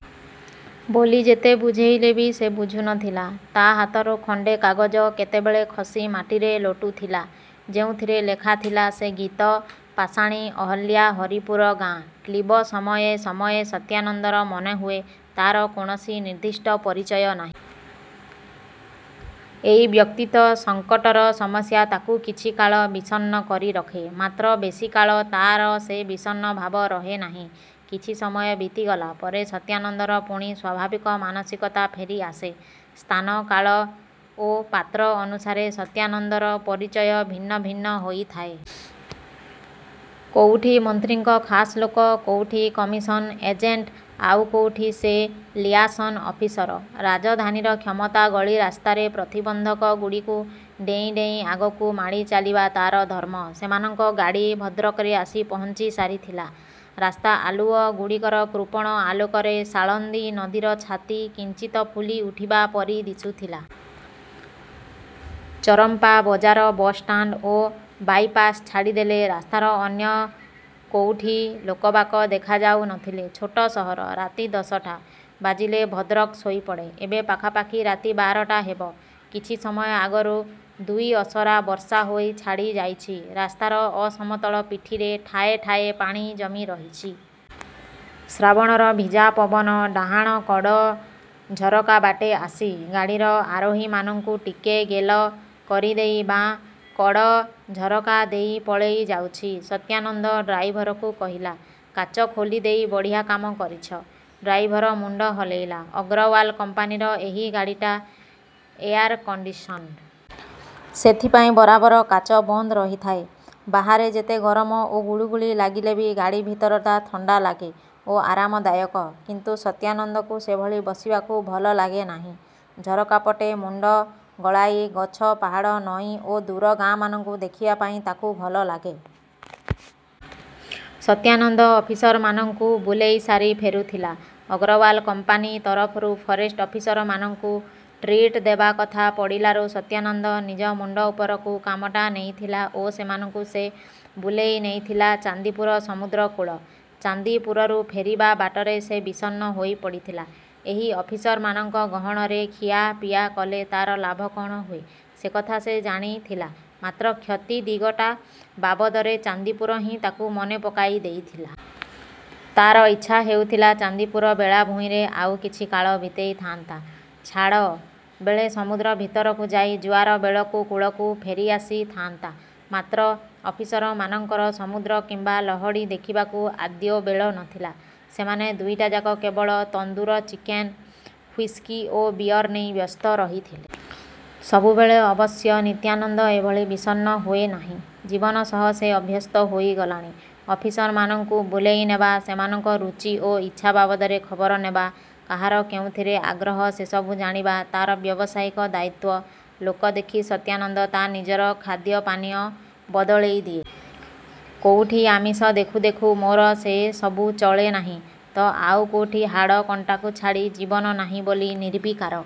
ବୋଲି ଯେତେ ବୁଝେଇଲେ ବି ସେ ବୁଝୁ ନଥିଲା। ତା ହାତରୁ ଖଣ୍ଡେ କାଗଜ କେତେବେଳେ ଖସି ମାଟିରେ ଲୋଟୁଥିଲା, ଯେଉଁଥିରେ ଲେଖାଥିଲା ସେ ଗୀତ ପାଷାଣୀ ଅହଲ୍ୟା ହରିପୁର ଗାଁ। କ୍ଳୀବ ସମୟେ ସମୟେ ସତ୍ୟାନନ୍ଦର ମନେହୁଏ, ତାର କୌଣସି ନିର୍ଦ୍ଦିଷ୍ଟ ପରିଚୟ ନାହିଁ। ଏଇ ବ୍ୟକ୍ତିତ୍ୱ ସଙ୍କଟର ସମସ୍ୟା ତାକୁ କିଛି କାଳ ବିଷଣ୍ଣ କରିରଖେ। ମାତ୍ର ବେଶିକାଳ ତାର ସେ ବିଷଣ୍ଣ ଭାବ ରହେନାହିଁ। କିଛି ସମୟ ବିତିଗଲା ପରେ ସତ୍ୟାନନ୍ଦର ପୁଣି ସ୍ୱାଭାବିକ ମାନସିକତା ଫେରିଆସେ। ସ୍ଥାନ, କାଳ ଓ ପାତ୍ର ଅନୁସାରେ ସତ୍ୟାନନ୍ଦର ପରିଚୟ ଭିନ୍ନ ଭିନ୍ନ ହୋଇଥାଏ। କୋଉଠି ମନ୍ତ୍ରୀଙ୍କ ଖାସ୍ ଲୋକ, କୋଉଠି କମିଶନ ଏଜେଣ୍ଟ, ଆଉ କୋଉଠି ସେ ଲିଆସନ ଅଫିସର। ରାଜଧାନୀର କ୍ଷମତା ଗଳି ରାସ୍ତାରେ ପ୍ରତିବନ୍ଧକ ଗୁଡ଼ିକୁ ଡେଇଁ ଡେଇଁ ଆଗକୁ ମାଡ଼ି ଚାଲିବା ତାର ଧର୍ମ। ସେମାନଙ୍କ ଗାଡ଼ି ଭଦ୍ରକରେ ଆସି ପହଞ୍ଚି ସାରିଥିଲା। ରାସ୍ତା ଆଲୁଅ ଗୁଡ଼ିକର କୃପଣ ଆଲୋକରେ ସାଳନ୍ଦୀ ନଦୀର ଛାତି କିଞ୍ଚିତ ଫୁଲି ଉଠିବା ପରି ଦିଶୁଥିଲା। ଚରମ୍ପା ବଜାର ବସ୍‌ଷ୍ଟାଣ୍ଡ ଓ ବାଇପାସ୍ ଛାଡ଼ିଦେଲେ ରାସ୍ତାର ଅନ୍ୟ କୋଉଠି ଲୋକବାକ ଦେଖାଯାଉ ନଥିଲେ। ଛୋଟ ସହର। ରାତି ଦଶଟା ବାଜିଲେ ଭଦ୍ରକ ଶୋଇପଡ଼େ। ଏବେ ପାଖାପାଖି ରାତି ବାରଟା ହେବ। କିଛି ସମୟ ଆଗରୁ ଦୁଇ ଅସରା ବର୍ଷା ହୋଇ ଛାଡ଼ିଯାଇଛି। ରାସ୍ତାର ଅସମତଳ ପିଠିରେ ଠାଏ ଠାଏ ପାଣି ଜମି ରହିଛି। ଶ୍ରାବଣର ଭିଜା ପବନ ଡାହାଣକଡ଼ ଝରକାବାଟେ ଆସି, ଗାଡ଼ିର ଆରୋହୀମାନଙ୍କୁ ଟିକେ ଗେଲ କରିଦେଇ ବାଁ କଡ଼ ଝରକା ଦେଇ ପଳେଇ ଯାଉଛି। ସତ୍ୟାନନ୍ଦ ଡ୍ରାଇଭରକୁ କହିଲା, "କାଚ ଖୋଲିଦେଇ ବଢ଼ିଆ କାମ କରିଛ।" ଡ୍ରାଇଭର ମୁଣ୍ଡ ହଲେଇଲା। ଅଗ୍ରୱାଲା କମ୍ପାନିର ଏହି ଗାଡ଼ିଟା ଏୟାର କଣ୍ଡିସନ୍‌ଡ। ସେଥିପାଇଁ ବରାବର କାଚ ବନ୍ଦ ରହିଥାଏ। ବାହାରେ ଯେତେ ଗରମ ଓ ଗୁଳୁଗୁଳି ଲାଗିଲେ ବି ଗାଡ଼ି ଭିତରଟା ଲାଗେ ଥଣ୍ଡା ଓ ଆରାମଦାୟକ। କିନ୍ତୁ ସତ୍ୟାନନ୍ଦକୁ ସେଭଳି ବସିବାକୁ ଭଲ ଲାଗେ ନାହିଁ। ଝରକାପଟେ ମୁଣ୍ଡ ଗଳାଇ ଗଛ, ପାହାଡ଼, ନଈ ଓ ଦୂର ଗାଁମାନଙ୍କୁ ଦେଖିବା ପାଇଁ ତାକୁ ଭଲ ଲାଗେ। ସତ୍ୟାନନ୍ଦ ଅଫିସରମାନଙ୍କୁ ବୁଲେଇସାରି ଫେରୁଥିଲା। ଅଗ୍ରୱାଲା କମ୍ପାନି ତରଫରୁ ଫରେଷ୍ଟ ଅଫିସରମାନଙ୍କୁ 'ଟ୍ରିଟ' ଦେବା କଥା ପଡ଼ିଲାରୁ ସତ୍ୟାନନ୍ଦ ନିଜ ମୁଣ୍ଡ ଉପରକୁ କାମଟା ନେଇଥିଲା ଓ ସେମାନଙ୍କୁ ସେ ବୁଲେଇ ନେଇଥିଲା ଚାନ୍ଦିପୁର ସମୁଦ୍ରକୂଳ। ଚାନ୍ଦିପୁରରୁ ଫେରିବା ବାଟରେ ସେ ବିଷଣ୍ଣ ହୋଇପଡ଼ିଥିଲା। ଏହି ଅଫିସରମାନଙ୍କ ଗହଣରେ ଖିଆପିଆ କଲେ ତାର ଲାଭ କଣ ହୁଏ ସେକଥା ସେ ଜାଣିଥିଲା, ମାତ୍ର କ୍ଷତି ଦିଗଟା ବାବଦରେ ଚାନ୍ଦିପୁର ହିଁ ତାକୁ ମନେ ପକାଇ ଦେଇଥିଲା। ତାର ଇଚ୍ଛା ହେଉଥିଲା ଚାନ୍ଦିପୁର ବେଳାଭୂଇଁରେ ଆଉ କିଛି କାଳ ବିତେଇ ଥାଆନ୍ତା। ଛାଡ଼ ବେଳେ ସମୁଦ୍ର ଭିତରକୁ ଯାଇ ଜୁଆର ବେଳକୁ କୂଳକୁ ଫେରିଆସି ଥାଆନ୍ତା। ମାତ୍ର ଅଫିସରମାନଙ୍କର ସମୁଦ୍ର କିମ୍ବା ଲହଡ଼ି ଦେଖିବାକୁ ଆଦୌ ବେଳ ନଥିଲା। ସେମାନେ ଦିନଟାଯାକ କେବଳ ତନ୍ଦୁର ଚିକେନ, ହୁଇସ୍କି ଓ ବିଅର ନେଇ ବ୍ୟସ୍ତ ରହିଥିଲେ। ସବୁବେଳେ ଅବଶ୍ୟ ସତ୍ୟାନନ୍ଦ ଏଭଳି ବିଷଣ୍ଣ ହୁଏ ନାହିଁ। ଜୀବନ ସହ ସେ ଅଭ୍ୟସ୍ତ ହୋଇଗଲାଣି। ଅଫିସରମାନଙ୍କୁ ବୁଲେଇନେବା, ସେମାନଙ୍କ ରୁଚି ଓ ଇଚ୍ଛା ବାବଦରେ ଖବର ନେବା, କାହାର କେଉଁଥିରେ ଆଗ୍ରହ ସେସବୁ ଜାଣିବା ତାର ବ୍ୟବସାୟିକ ଦାୟିତ୍ୱ। ଲୋକ ଦେଖି ସତ୍ୟାନନ୍ଦ ତା ନିଜର ଖାଦ୍ୟ-ପାନୀୟ ବଦଳେଇ ଦିଏ। କୋଉଠି ଆମିଷ ଦେଖୁ ଦେଖୁ, ମୋର 'ସେସବୁ ଚଳେ ନାହିଁ' ତ ଆଉ କୋଉଠି 'ହାଡ଼ ଓ କଣ୍ଟାକୁ ଛାଡ଼ି ଜୀବନ ନାହିଁ' ବୋଲି ନିର୍ବିକାର।